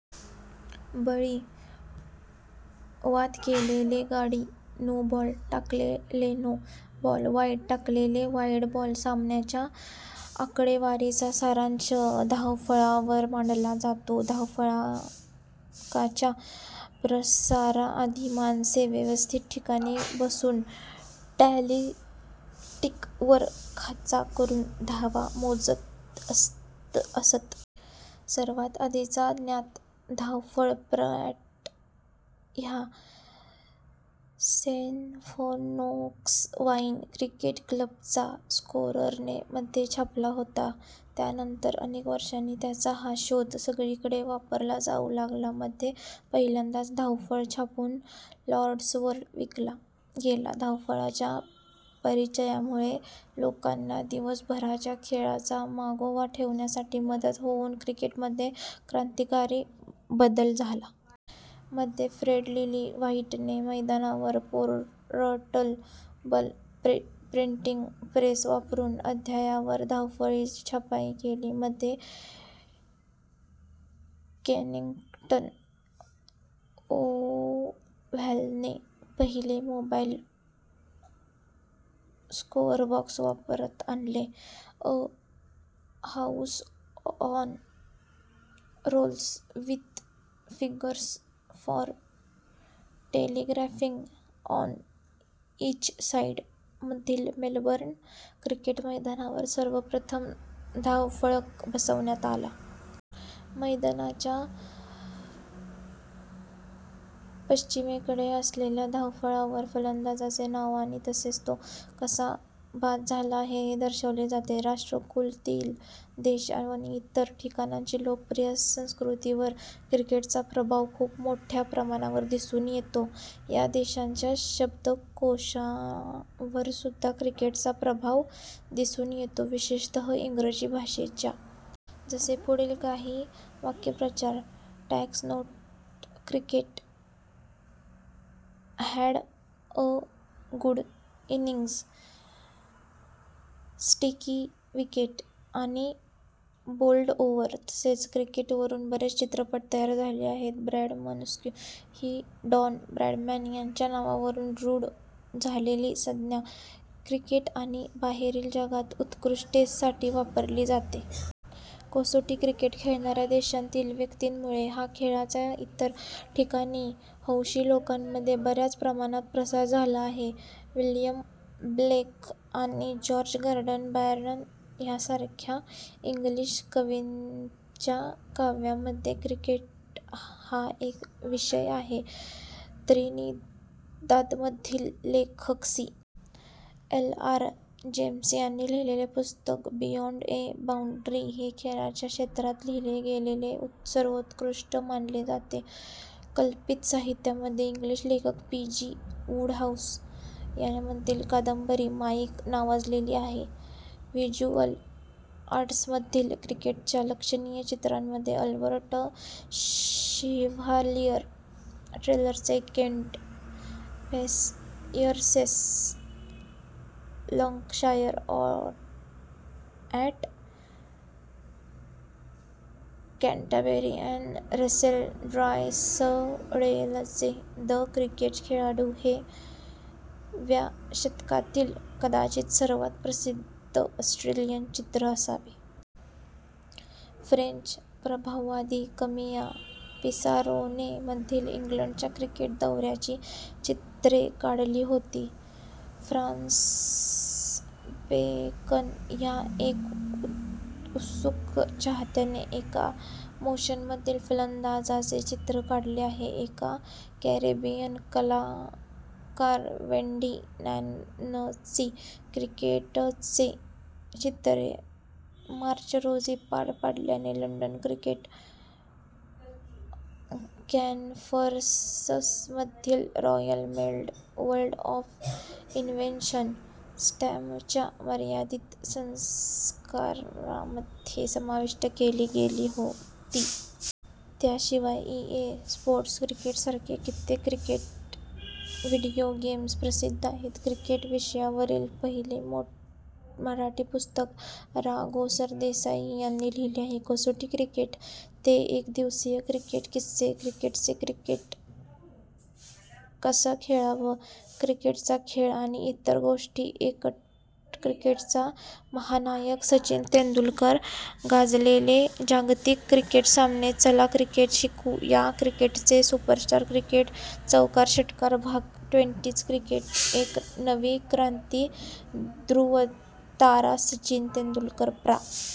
बळी: बाद केलेले गडी. नो बॉल: टाकलेलेनो बॉल. वाईड: टाकलेले वाईड बॉल. सामन्याच्या आकडेवारीचा सारांश धावफलकावर मांडला जातो. धावफलकाच्या प्रसाराआधी, माणसे व्यवस्थित ठिकाणी बसून टॅली स्टीक वर खाचा करून धावा मोजत असत. सर्वात आधीचा ज्ञात धावफलक प्रॅट ह्या सेव्हनोक्स वाईन क्रिकेट क्लबचा स्कोररने मध्ये छापला होता. त्यानंतर अनेक वर्षांनी त्याचा हा शोध सगळीकडे वापरला जाऊ लागला. मध्ये पहिल्यांदाच धावफलक छापून लॉर्ड्सवर विकला गेला.। धावफलकाच्या परिचयामुळे प्रेक्षकांना दिवसभराच्या खेळाचा मागोवा ठेवण्यासाठी मदत होऊन क्रिकेटमध्ये क्रांतिकारी बदल झाला. मध्ये, फ्रेड लिली व्हाईटने मैदानावर पोर्टेबल प्रिंटिंग प्रेस वापरून अद्ययावर धावफलकांची छपाई केली. मध्ये, केनिंग्टन ओव्हलने पहिला मोबाईल स्कोअरबॉक्स वापरात आणला, "a house on rollers with figures for telegraphing on each side". मध्ये, मेलबर्न क्रिकेट मैदानावर सर्वप्रथम धावफलक बसवण्यात आला. मैदानाच्या पश्चिमेकडे असलेल्या धावफलकावर फलंदाजाचे नाव आणि तो कसा बाद झाला हे दर्शवले जाते. राष्ट्रकुलातील देश आणि इतर ठिकाणींच्या लोकप्रिय संस्कृतींवर क्रिकेटचा प्रभाव खूप मोठ्या प्रमाणावर दिसून येतो. ह्या देशांच्या शब्दकोशांवरसुद्धा क्रिकेटचा प्रभाव दिसून येतो, विशेषतः इंग्रजी भाषेच्या. जसे पुढील काही वाक्प्रचार "that's not cricket", "had a good innings", "sticky wicket", आणि "बोल्ड ओव्हर". तसेच क्रिकेटवरून बरेच चित्रपट तयार झाले आहेत. "ब्रॅडमन्स्क्यू" ही डॉन ब्रॅडमन यांच्या नावावरून रूढ झालेली संज्ञा, क्रिकेट आणि बाहेरील जगात उत्कृष्टतेसाठी वापरली जाते. कसोटी क्रिकेट खेळणाऱ्या देशांतील व्यक्तींमुळे ह्या खेळाचा इतर ठिकाणी हौशी लोकांमध्ये बऱ्याच प्रमाणात प्रसार झाला आहे. विल्यम ब्लेक आणि जॉर्ज गॉर्डन बायरन ह्यासारख्या इंग्लिश कवींच्या काव्यामध्ये क्रिकेट हा एक विषय आहे. त्रिनिदादमधील लेखक सी. एल्. आर. जेम्स यांनी लिहिलेले पुस्तक बियॉंड अ बाऊंड्री, हे खेळाच्या क्षेत्रात लिहीले गेलेले सर्वोत्कृष्ट मानले जाते. कल्पित साहित्यामध्ये इंग्लिश लेखक पी. जी. वुडहाऊस यांची मधील कादंबरी, माईक नावाजलेली आहे. व्हिज्युअल आर्टमधील, क्रिकेटच्या लक्षणीय चित्रांमध्ये अल्बर्ट शेव्हालियर टेलरचे Kent versus Lancashire at Canterbury आणि रसेल ड्रायसडेलचे द क्रिकेट खेळाडू, हे " व्या शतकातील कदाचित सर्वात प्रसिद्ध ऑस्ट्रेलियन चित्र असावे. " फ्रेंच प्रभाववादी कामीय पिसारोने मधील इंग्लंडच्या क्रिकेट दौऱ्यांची चित्रे काढली होती. फ्रान्सिस बेकन, ह्या एका उत्सुक चाहत्याने एका मोशनमधील फलंदाजाचे चित्र काढले आहे. एक कॅरेबियन कलाकार वेंडी नाननची क्रिकेटची चित्रे - मार्च रोजी पार पडलेल्या लंडन क्रिकेट कॉन्फरन्समध्ये रॉयल मेलच्या "वर्ल्ड ऑफ इन्व्हेन्शन" स्टॅम्पच्या मर्यादित संस्करणामध्ये समाविष्ट केली गेली होती. त्याशिवाय ई, ए, स्पोर्ट्स क्रिकेट सारखे कित्येक क्रिकेट व्हीडिओ गेम्स प्रसिद्ध आहेत. क्रिकेट विषयावरील पहिले मराठी पुस्तक र. गो. सरदेसाई यांनी लिहिले आहे. कसोटी क्रिकेट ते एकदिवसीय क्रिकेट किस्से क्रिकेटचे क्रिकेट कसं खेळावं क्रिकेटचा खेळ आणि इतर गोष्टी क्रिकेटचा महानायक सचिन तेंडुलकर गाजलेले जागतिक क्रिकेट सामने चला, क्रिकेट शिकू या क्रिकेटचे सुपरस्टार क्रिकेट चौकार षटकार भाग, ट्वेंटी क्रिकेट एक नवी क्रांती ध्रुवतारा सचिन तेंडूलकर प्रा.